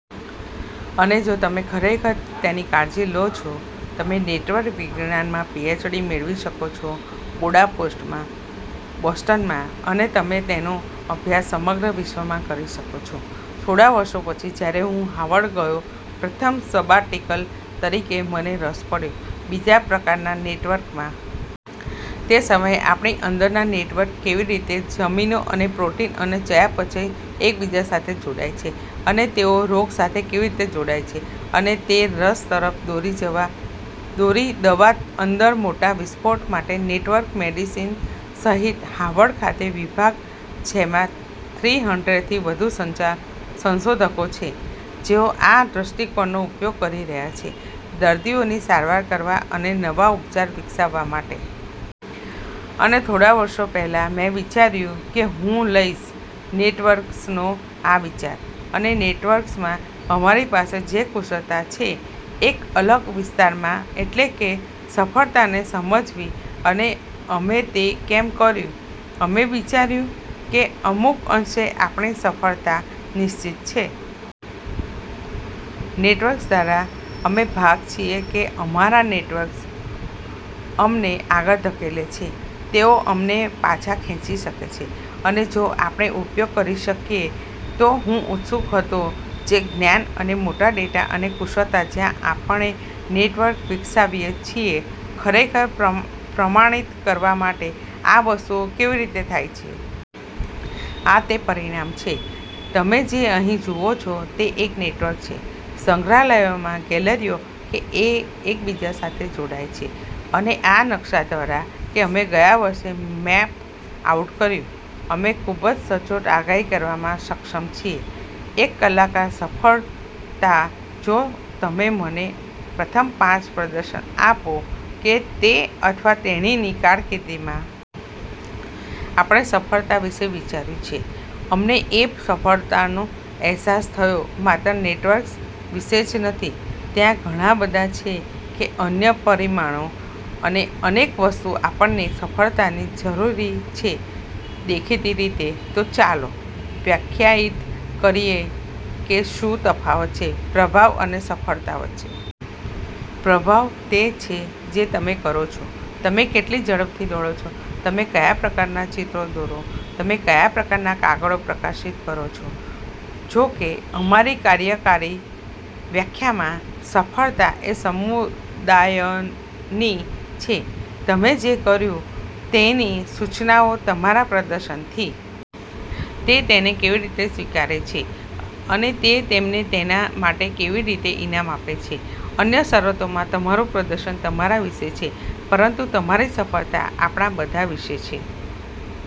અને જો તમે ખરેખર તેની કાળજી લો છો, તમે નેટવર્ક વિજ્ઞાનમાં પીએચડી મેળવી શકો છો બુડાપેસ્ટમાં, બોસ્ટનમાં, અને તમે તેનો અભ્યાસ સમગ્ર વિશ્વમાં કરી શકો છો. થોડા વર્ષો પછી જ્યારે હું હાર્વર્ડ ગયો પ્રથમ સબાટિકલ તરીકે, મને રસ પડ્યો બીજા પ્રકારનાં નેટવર્કમાં. તે સમયે આપણી અંદરનાં નેટવર્ક્સ કેવી રીતે જનીનો અને પ્રોટીન અને ચયાપચય એકબીજા સાથે જોડાય છે અને તેઓ રોગ સાથે કેવી રીતે જોડાય છે. અને તે રસ તરફ દોરી દવા અંદર મોટા વિસ્ફોટ માટે નેટવર્ક મેડિસિન સહિત હાર્વર્ડ ખાતે વિભાગ જેમાં થ્રી હન્ડ્રેડ થી વધુ સંશોધકો છે જેઓ આ દ્રષ્ટિકોણનો ઉપયોગ કરી રહ્યા છે દર્દીઓની સારવાર કરવા અને નવા ઉપચાર વિકસાવવા માટે. અને થોડા વર્ષો પહેલા, મેં વિચાર્યું કે હું લઈશ નેટવર્ક્સનો આ વિચાર અને નેટવર્ક્સમાં અમારી પાસે જે કુશળતા છે એક અલગ વિસ્તારમાં એટલે કે સફળતાને સમજવી. અને અમે તે કેમ કર્યું? અમે વિચાર્યું કે અમુક અંશે આપણી સફળતા નિશ્ચિત છે. નેટવર્ક્સ દ્વારા અમે ભાગ છીએ કે અમારા નેટવર્ક અમને આગળ ધકેલી શકે છે, તેઓ અમને પાછા ખેંચી શકે છે. અને જો આપણે ઉપયોગ કરી શકીએ તો હું ઉત્સુક હતો જે જ્ઞાન અને મોટા ડેટા અને કુશળતા જ્યાં આપણે નેટવર્ક વિકસાવીએ છીએ ખરેખર પ્રમાણિત કરવા માટે આ વસ્તુઓ કેવી રીતે થાય છે. આ તે પરિણામ છે. તમે જે અહીં જુઓ છો તે એક નેટવર્ક છે સંગ્રહાલયોમાં ગેલેરીઓ કે જે એકબીજા સાથે જોડાય છે. અને આ નકશા દ્વારા કે અમે ગયા વર્ષે મેપ આઉટ કર્યું. અમે ખૂબ જ સચોટ આગાહી કરવામાં સક્ષમ છીએ એક કલાકાર સફળતા જો તમે મને પ્રથમ પાંચ પ્રદર્શન આપો કે તે અથવા તેણીની કારકીર્દિમાં. આપણે સફળતા વિશે વિચાર્યું છે. અમને એ સફળતાનો અહેસાસ થયો માત્ર નેટવર્ક્સ વિશે જ નથી, ત્યાં ઘણા બધા છે કે અન્ય પરિમાણો. અને એક વસ્તુ આપણને સફળતાની જરૂર છે દેખીતી રીતે. તો ચાલો વ્યાખ્યાયિત કરીએ કે શું તફાવત છે પ્રભાવ અને સફળતા વચ્ચે. પ્રભાવ તે છે જે તમે કરો છો. તમે કેટલી ઝડપથી દોડો છો, તમે કયા પ્રકારનાં ચિત્રો દોરો, તમે કયા પ્રકારનાં કાગળો પ્રકાશિત કરો છો. જોકે અમારી કાર્યકારી વ્યાખ્યામાં સફળતા એ સમુદાયની છે તમે જે કર્યું તેની સૂચનાઓ તમારા પ્રદર્શનથી. તે તેને કેવી રીતે સ્વીકારે છે અને તે તમને તેના માટે કેવી રીતે ઇનામ આપે છે? અન્ય શરતોમાં તમારું પ્રદર્શન તમારા વિશે છે પરંતુ તમારી સફળતા આપણા બધા વિશે છે.